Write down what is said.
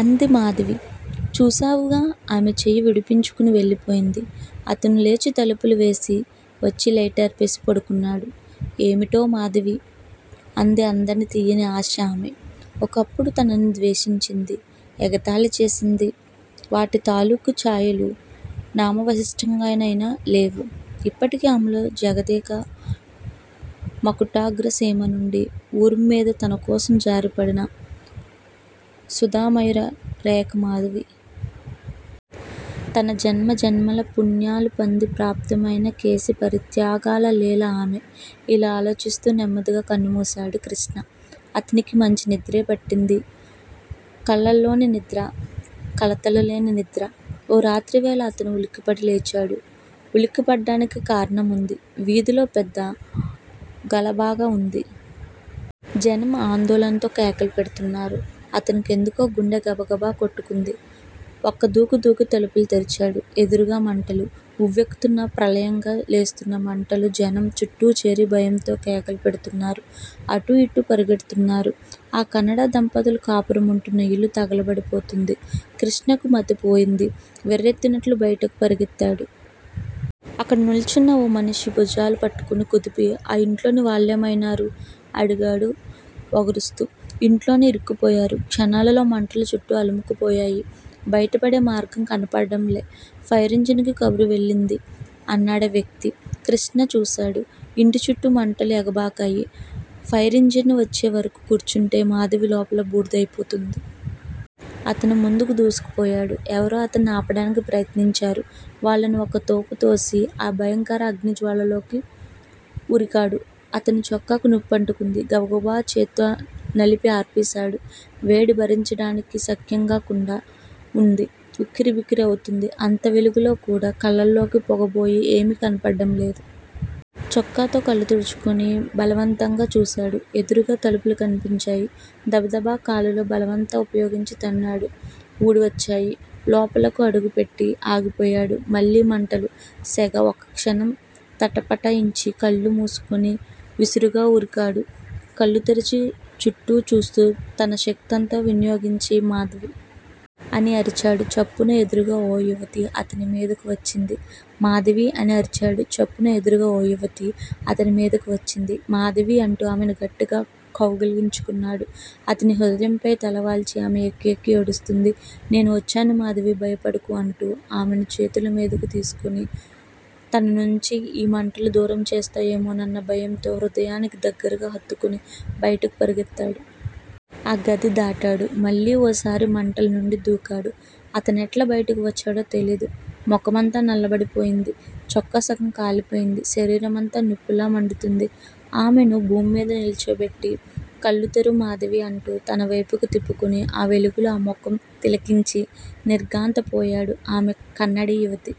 అంది మాధవి. చూస్తావుగా. ఆమె చెయ్యి విడిపించుకుని వెళ్ళిపోయింది. అతను లేచి తలుపులు వేసి, వచ్చి లైటార్పేసి పడుకున్నాడు. ఏమిటో మాధవీ! అందీఅందని తియ్యని ఆశ ఆమె. ఒకప్పుడు తనని ద్వేషించింది. ఎగతాళి చేసింది. వాటి తాలూకు ఛాయలు నామావశిష్టంగానైనా లేవు యిప్పటి ఆమెలో జగదేక మకుటాగ్ర సీమనుండి ఉర్విమీద తనకోసం జారిపడిన సుధామయూర రేఖ మాధవి. తన జన్మ జనమ పుణ్యాలు పంది ప్రాప్తమైన కేశీ పరిత్యాగలీల ఆమె. ఇలా ఆలోచిస్తూ నెమ్మదిగా కన్నుమూశాడు కృష్ణ. అతనికి మంచి నిద్రే పట్టింది. కల్లల్లేని నిద్ర. కలతలు లేని నిద్ర. ఓ రాత్రివేళ అతను ఉలికిపడి లేచాడు. ఉలికిపడటానికి కారణముంది. వీధిలో పెద్ద గలాభాగా వుంది. జనం ఆందోళనతో కేకలుపెడ్తున్నారు. అతనికెందుకో గుండె గబగబ కొట్టుకుంది. ఒక్కదూకు దూకి తలుపులు తెరిచాడు. ఎదురుగా మంటలు, ఉవ్వెత్తున ప్రళయంగా లేస్తోన్న మంటలు. జనం చుట్టూచేరి భయంతో కేకలు పెడుతున్నారు. అటూయిటూ పరిగెత్తుతున్నారు. ఆ కన్నడ దంపతులు కాపురముంటూన్న యిల్లు తగలబడుతోంది. కృష్ణకు మతిపోయింది. వెర్రెత్తినట్లు భయటకు పరిగెత్తాడు. అక్కడ నిల్చున్న ఓ మనిషిని భుజాలు పట్టుకుని కుదిపి ఆ ఇంట్లోని వాళ్ళేమైనారు? అనడిగాడు వగరుస్తూ. యింట్లోనే యిరుక్కుపోయారు. క్షణంలో మంటలు చుట్టూ అలుముకుపోయాయి. బయటపడే మార్గం కనపడటంలా. ఫైరింజనులకి కబురు వెళ్ళింది అన్నాడా వ్యక్తి. కృష్ణ చూశాడు. ఇంటిచుట్టూ మంటలు ఎగబ్రాకాయి. ఫైరింజానూ వచ్చేవరకూ కూర్చుంటే మాధవి లోపల బూడిద అయిపోతుంది. అతను ముందుకు దూసుకుపోయాడు. ఎవరో అతన్ని ఆపటానికి ప్రయత్నించారు. వాళ్ళని ఒక్క తోపుతోసి ఆ భయంకర అగ్నిజ్వాలలోకి ఉరికాడు. అతని చొక్కాకు నిప్పంటుకుంది. గబగబ చేత్తో నలిపి ఆర్పేశాడు. వేడి భరించటానికి సఖ్యంగాకుండా ఉంది. ఉక్కిరిబిక్కిరి అవుతోంది. అంత వెలుగులో కూడా కళ్ళలోకి పొగబోయి ఏమీ కనపడటంలేదు. చొక్కాతో కళ్ళు తుడుచుకుని బలవంతంగా చూశాడు. ఎదురుగా తలుపులు కనిపించాయి. దబదబ కాలితో బలమంతా ఉపయోగించి తన్నాడు. ఊడివచ్చాయి. లోపలకు అడుగుపెట్టి ఆగిపోయాడు. మళ్ళీ మంటలు, సెగ ఒక్కక్షణం తటపటాయించి కళ్ళు మూసుకుని విసురుగా ఉరికాడు. కళ్ళు తెరిచి, చుట్టూ చూస్తూ తన శక్తినంతా వినియోగించి మా అని అరిచాడు. చప్పున ఎదురుగా ఓ యువతి అతనిమీధకు వచ్చింది. మాధవీ! అని అరిచాడు. చప్పున ఎదురుగా ఓ యువతి అతనిమీధకు వచ్చింది. 'మాధవీ! ' అంటూ ఆమెను గట్టిగా కౌగలించుకున్నాడు. అతని హృదయంపై తలవాల్చి ఆమె వెక్కివెక్కి ఏడుస్తూంది. నేను వచ్చాను మాధవీ భయపడకు అంటూ ఆమెను చేతులమీదకు తీసుకుని తననుంచి ఈ మంటలు దూరం చేస్తాయేమోనన్న భయంతో హృదయానికి దగ్గరగా హత్తుకుని బయటకు పరిగెత్తాడు. ఆ గది దాటాడు. మళ్ళీ ఓసారి మంటలనుంచి దూకాడు. అతనెట్లా బయటకు వచ్చాడో తెలీదు. ముఖమంతా నల్లబడిపోయింది. చొక్కా సగం కాలిపోయింది. శరీరమంతా నిప్పులా మండుతోంది. ఆమెను భూమ్మీద నిల్చోపెట్టి కళ్ళు తెరు మాధవీ! అంటూ తనవైపుకి త్రిప్పుకుని ఆ వెలుగులో ఆ ముఖం తిలకించి నిర్ఘాంతపోయాడు. ఆమె కన్నడి యువతి.